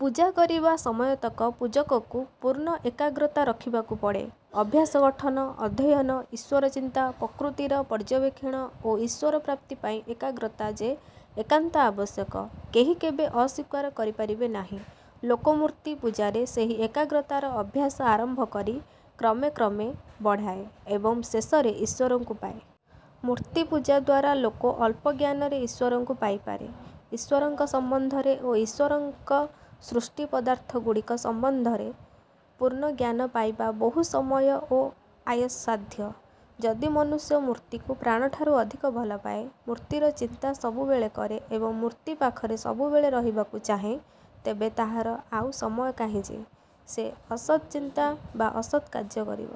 ପୂଜା କରିବା ସମୟତକ ପୂଜକକୁ ପୂର୍ଣ୍ଣ ଏକାଗ୍ରତା ରଖିବାକୁ ପଡ଼େ। ଅଭ୍ୟାସ ଗଠନ, ଅଧ୍ୟୟନ, ଈଶ୍ଵର ଚିନ୍ତା, ପ୍ରକୃତିର ପର୍ଯ୍ୟବେକ୍ଷଣ ଓ ଈଶ୍ଵର ପ୍ରାପ୍ତି ପାଇଁ ଏକାଗ୍ରତା ଯେ ଏକାନ୍ତ ଆବଶ୍ୟକ; କେହି କେବେ ଅସ୍ଵୀକାର କରିପାରିବେ ନାହିଁ। ଲୋକ ମୂର୍ତ୍ତି ପୂଜାରେ ସେହି ଏକାଗ୍ରତାର ଅଭ୍ୟାସ ଆରମ୍ଭ କରି କ୍ରମେ କ୍ରମେ ବଢ଼ାଏ ଏବଂ ଶେଷରେ ଈଶ୍ଵରଙ୍କୁ ପାଏ। ମୂର୍ତ୍ତି ପୂଜାଦ୍ୱାରା ଲୋକ ଅଳ୍ପ ଜ୍ଞାନରେ ଈଶ୍ଵରଙ୍କୁ ପାଇ ପାରେ। ଈଶ୍ଵରଙ୍କ ସମ୍ବନ୍ଧରେ ଓ ଈଶ୍ଵରଙ୍କ ସୃଷ୍ଟି ପଦାର୍ଥଗୁଡ଼ିକ ସମ୍ବନ୍ଧରେ ପୂର୍ଣ୍ଣ ଜ୍ଞାନ ପାଇବା ବହୁ ସମୟ ଓ ଆୟାସସାଧ୍ୟ। ଯଦି ମନୁଷ୍ୟ ମୂର୍ତ୍ତିକୁ ପ୍ରାଣଠାରୁ ଅଧିକ ଭଲ ପାଏ, ମୂର୍ତ୍ତିର ଚିନ୍ତା ସବୁବେଳେ କରେ ଏବଂ ମୂର୍ତ୍ତି ପାଖରେ ସବୁବେଳେ ରହିବାକୁ ଚାହେଁ, ତେବେ ତାହାର ଆଉ ସମୟ କାହିଁ ଯେ, ସେ ଅସତ୍ ଚିନ୍ତା ବା ଅସତ୍ କାର୍ଯ୍ୟ କରିବ?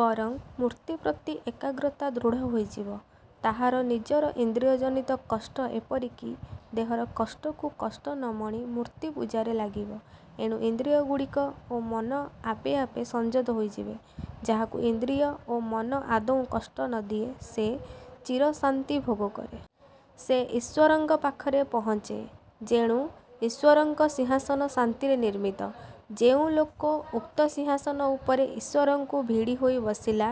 ବରଂ ମୂର୍ତ୍ତି ପ୍ରତି ଏକାଗ୍ରତା ଦୃଢ଼ ହୋଇଯିବ। ତାହାର ନିଜର ଇନ୍ଦ୍ରିୟ ଜନିତ କଷ୍ଟ ଏପରିକି ଦେହର କଷ୍ଟକୁ କଷ୍ଟ ନ ମଣି ମୂର୍ତ୍ତି ପୂଜାରେ ଲାଗିବ। ଏଣୁ ଇନ୍ଦ୍ରିୟଗୁଡ଼ିକ ଓ ମନ ଆପେ ଆପେ ସଂଯତ ହୋଇଯିବେ। ଯାହାକୁ ଇନ୍ଦ୍ରିୟ ଓ ମନ ଆଦୌ କଷ୍ଟ ନ ଦିଏ ସେ ଚିରଶାନ୍ତି ଭୋଗ କରେ। ସେ ଈଶ୍ଵରଙ୍କ ପାଖରେ ପହଞ୍ଚେ ଯେଣୁ ଈଶ୍ଵରଙ୍କ ସିଂହାସନ ଶାନ୍ତିରେ ନିର୍ମିତ। ଯେଉଁ ଲୋକ ଉକ୍ତ ସିଂହାସନ ଉପରେ ଈଶ୍ଵରଙ୍କୁ ଭିଡ଼ି ହୋଇ ବସିଲା,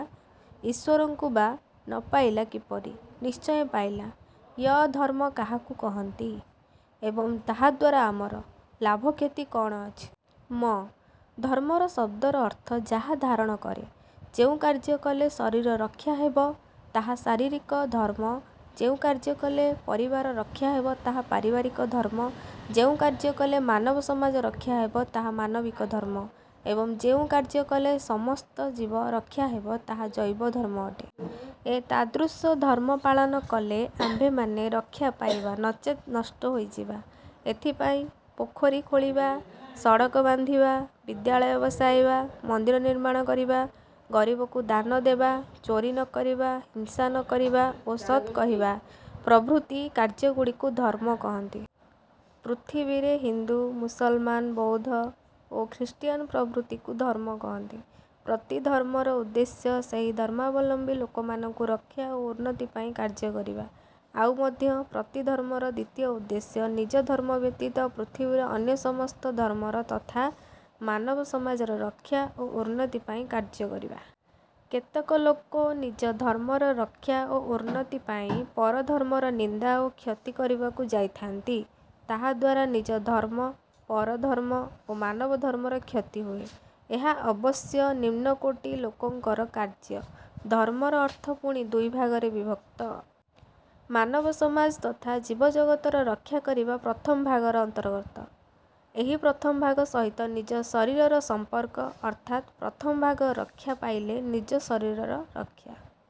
ଈଶ୍ଵରଙ୍କୁ ବା ନ ପାଇଲା କିପରି? ନିଶ୍ଚୟ ପାଇଲା। ୟ-ଧର୍ମ କାହାକୁ କହନ୍ତି ଏବଂ ତାହାଦ୍ୱାରା ଆମର। ଲାଭକ୍ଷତି କଅଣ ଅଛି। ମ-ଧର୍ମ ଶବ୍ଦର ଅର୍ଥ, ଯାହା ଧାରଣ କରେ। ଯେଉଁ କାର୍ଯ୍ୟ କଲେ ଶରୀର ରକ୍ଷା ହେବ, ତାହା ଶାରୀରିକ ଧର୍ମ; ଯେଉଁ କାର୍ଯ୍ୟ କଲେ ପରିବାର ରକ୍ଷା ହେବ, ତାହା ପାରିବାରିକ ଧର୍ମ; ଯେଉଁ କାର୍ଯ୍ୟ କଲେ ମାନବ ସମାଜ ରକ୍ଷା ହେବ, ତାହା ମାନବିକ ଧର୍ମ ଏବଂ ଯେଉଁ କାର୍ଯ୍ୟ କଲେ ସମସ୍ତ ଜୀବ ରକ୍ଷା ହେବ, ତାହା ଜୈବ ଧର୍ମ ଅଟେ। ଏତାଦୃଶ ଧର୍ମ ପାଳନ କଲେ ଆମ୍ଭେମାନେ ରକ୍ଷା ପାଇବା, ନଚେତ୍ ନଷ୍ଟ ହୋଇଯିବା। ଏଥିପାଇଁ ପୋଖରୀ ଖୋଳିବା, ସଡ଼କ ବାନ୍ଧିବା, ବିଦ୍ୟାଳୟ ବସାଇବା, ମନ୍ଦିର ନିର୍ମାଣ କରିବା, ଗରିବକୁ ଦାନ ଦେବା, ଚୋରି ନ କରିବା, ହିଂସା ନ କରିବା ଓ ସତ୍ କହିବା ପ୍ରଭୃତି କାର୍ଯ୍ୟଗୁଡ଼ିକୁ ଧର୍ମ କହନ୍ତି। ପୃଥିବୀରେ ହିନ୍ଦୁ, ମୁସଲମାନ, ବୌଦ୍ଧ ଓ ଖ୍ରୀଷ୍ଟିୟାନ ପ୍ରଭୃତିକୁ ଧର୍ମ କହନ୍ତି। ପ୍ରତି ଧର୍ମର ଉଦ୍ଦେଶ୍ୟ, ସେହି ଧର୍ମାବଲମ୍ବୀ ଲୋକମାନଙ୍କୁ ରକ୍ଷା ଓ ଉନ୍ନତି ପାଇଁ କାର୍ଯ୍ୟ କରିବା। ଆଉ ମଧ୍ୟ ପ୍ରତି ଧର୍ମର ଦ୍ଵିତୀୟ ଉଦ୍ଦେଶ୍ୟ, ନିଜ ଧର୍ମ ବ୍ୟତୀତ ପୃଥିବୀର ଅନ୍ୟ ସମସ୍ତ ଧର୍ମର ତଥା ମାନବ ସମାଜର ରକ୍ଷା ଓ ଉନ୍ନତି ପାଇଁ କାର୍ଯ୍ୟ କରିବା। କେତେକ ଲୋକ ନିଜ ଧର୍ମର ରକ୍ଷା ଓ ଉନ୍ନତି ପାଇଁ ପର ଧର୍ମର ନିନ୍ଦା ଓ କ୍ଷତି କରିବାକୁ ଯାଇଥାନ୍ତି। ତାହାଦ୍ୱାରା ନିଜ-ଧର୍ମ, ପରଧର୍ମ ଓ ମାନବ-ଧର୍ମର କ୍ଷତି ହୁଏ। ଏହା ଅବଶ୍ୟ ନିମ୍ନକୋଟୀ ଲୋକଙ୍କର କାର୍ଯ୍ୟ। ଧର୍ମର ଅର୍ଥ ପୁଣି ଦୁଇ ଭାଗରେ ବିଭକ୍ତ। ମାନବ-ସମାଜ ତଥା ଜୀବ ଜଗତର ରକ୍ଷାକରିବା ପ୍ରଥମ ଭାଗର ଅନ୍ତର୍ଗତ। ଏହି ପ୍ରଥମ ଭାଗ ସହିତ ନିଜ ଶରୀରର ସମ୍ପର୍କ, ଅର୍ଥାତ୍ ପ୍ରଥମ ଭାଗ ରକ୍ଷା ପାଇଲେ ନିଜ ଶରୀର ରକ୍ଷା